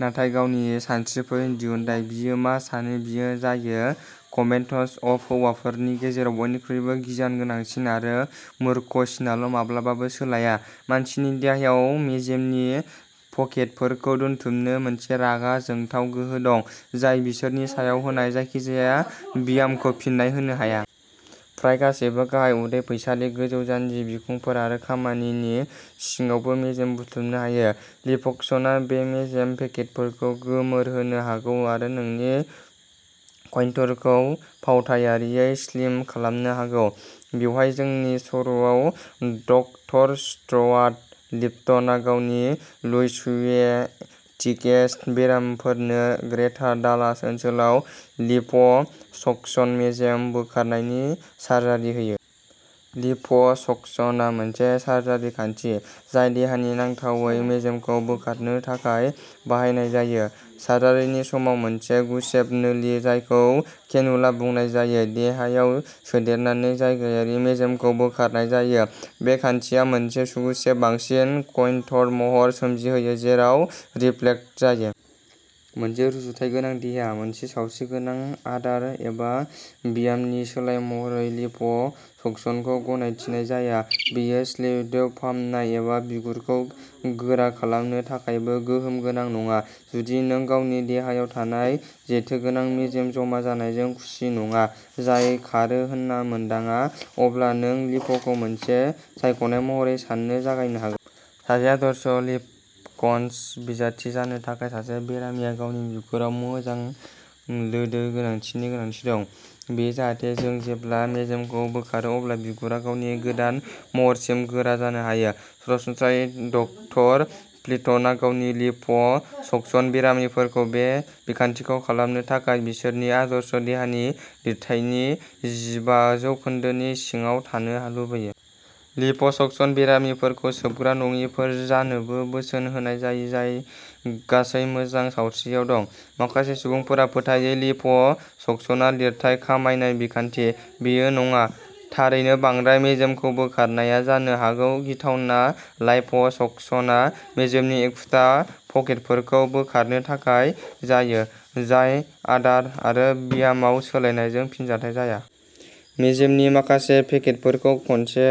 नाथाय गावनि सानस्रिफोरनि दिहुनथाइ। बियो मा सानो, बियो जायो। कमेन्ट्स अफ हौवाफोरनि गेजेराव बयनिख्रुइबो गियान गोनांसिन आरो मूर्ख सिनाल' माब्लाबाबो सोलाया। मानसिनि देहायाव मेजेमनि पकेटफोरखौ दोनथुमनो मोनसे रागा जोंथाव गोहो दं, जाय बिसोरनि सायाव होनाय जायखिजाया ब्यामखौ फिन्नाय होनो हाया। फ्राय गासैबो गाहाय उदै, फैसालि, गोजौ जानजि, बिखुंफोर आरो खखामनि सिङावबो मेजेम बुथुमनो हायो। लिप'सक्सनआ बे मेजेम पकेटफोरखौ गोमोरहोनो हागौ आरो नोंनि कनट्युरखौ फावथायारियै स्लिम खालामनो हागौ। बेवहाय जोंनि सर'आव, डकटर स्टुआर्ट लिप्टना गावनि लुइसुवे, टिएक्स बेरामिफोरनो ग्रेटार डालास ओनसोलाव लिप' सक्सन मेजेम बोखारनायनि सार्जारि होयो। लिप' सक्सनआ मोनसे सार्जारि खान्थि, जाय देहानि नांथावै मेजेमखौ बोखारनो थाखाय बाहायनाय जायो। सार्जारिनि समाव, मोनसे गुसेब नोलि जायखौ केनुला बुंनाय जायो, देहायाव सोदेरनानै जायगायारि मेजेमखौ बोखारनाय जायो। बे खान्थिया मोनसे गुसेब, बांसिन कनटर्ड महर सोमजिहोयो, जेराव रिफ्लेक्ट जायो। मोनसे रुजुथाय गोनां देहा। मोनसे सावस्रिगोनां आदार एबा ब्यामनि सोलाय महरै लिप' सक्सनखौ गनायथिनाय जाया। बेयो सेल्युलाइट फाहामनाय एबा बिगुरखौ गोरा खालामनो थाखायबो गोहोम गोनां नङा। जुदि नों गावनि देहायाव थानाय जेथोगोनां मेजेम जमा जानायजों खुसि नङा, जाय खारो होनना मोनदाङा, अब्ला नों लिप'खौ मोनसे सायख'नाय महरै सान्नो जागायनो हागौ। सासे आदर्श लिप'सक्सन बिजाथि जानो थाखाय, सासे बेरामिया गावनि बिगुराव मोजां लोदो गोनांथिनि गोनांथि दं। बेयो जाहाथे जों जेब्ला मेजेमखौ बोखारो अब्ला बिगुरा गावनि गोदान महरसिम गोरा जानो हायो। सरासनस्रायै, डकटर लिप्टना गावनि लिप' सक्सन बेरामिफोरखौ बे बिखान्थिखौ खालामनो थाखाय बिसोरनि आदर्श देहानि लिरथायनि जिबा जौखोन्दोनि सिङाव थानो लुबैयो। लिप' सक्सन बेरामिफोरखौ सोबग्रा नङिफोर जानोबो बोसोन होनाय जायो जाय गासै मोजां सावस्रियाव दं। माखासे सुबुंफोरा फोथायो लिप' सक्सनआ लिरथाय खमायनाय बिखान्थि। बेयो नङा। थारैनो, बांद्राय मेजेमखौ बोखारनाया जानो हागौ। गिथावना लाइप' सकसनआ मेजेमनि एखुथा पकेटफोरखौ बोखारनो थाखाय जायो, जाय आदार आरो ब्यामाव सोलायनायजों फिनजाथाय जाया। मेजेमनि माखासे पकेटफोरखौ खनसे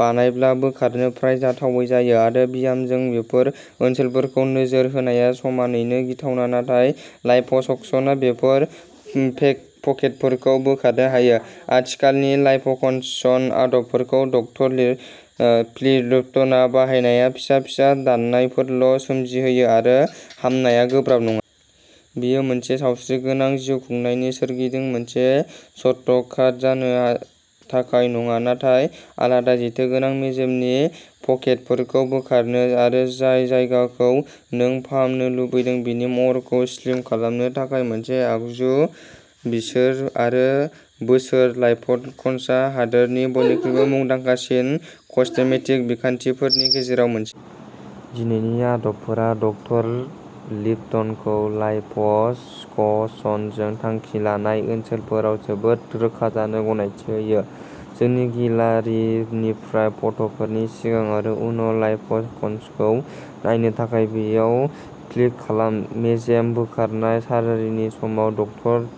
बानायब्ला बोखारनो फ्राय जाथावै जायो। आरो ब्यामजों बेफोर ओनसोलफोरखौ नोजोर होनाया समानैनो गिथावना। नाथाय लाइप' सकसनआ बेफोर पकेटफोरखौ बोखारनो हायो। आथिखालनि लाइप'सकसन आदबफोरखौ डकटर लिप्टना बाहायनाया फिसा फिसा दाननायफोरल' सोमजिहोयो आरो हामनाया गोब्राब नङा। बेयो मोनसे सावस्रिगोनां जिउखुंनायनि सोरगिदिं मोनसे सर्टकाट जानो थाखाय नङा, नाथाय आलादा, जेथोगोनां मेजेमनि पकेटफोरखौ बोखारनो आरो जाय जायगाखौ नों फाहामनो लुबैदों बेनि महरखौ स्लिम खालामनो थाखाय मोनसे आगजु। बोसोर आरो बोसोर, लाइप'सकसनआ हादोरनि बयनिख्रुइबो मुंदांखासिन कस्मेटिक बिखान्थिफोरनि गेजेराव मोनसे। दिनैनि आदबफोरा डकटर लिप्टनखौ लाइप' सकसनजों थांखि लानाय ओनसोलफोराव जोबोद रोखा जानो गनायथि होयो। जोंनि गेलारिनिफ्राय फट'फोरनि सिगां आरो उनाव लाइप'सकसनखौ नायनो थाखाय बेयाव क्लिक खालाम। मेजेम बोखारनाय सार्जारिनि समाव, डकटर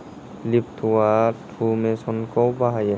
लिप्टना टुमेसेन्टखौ बाहायो।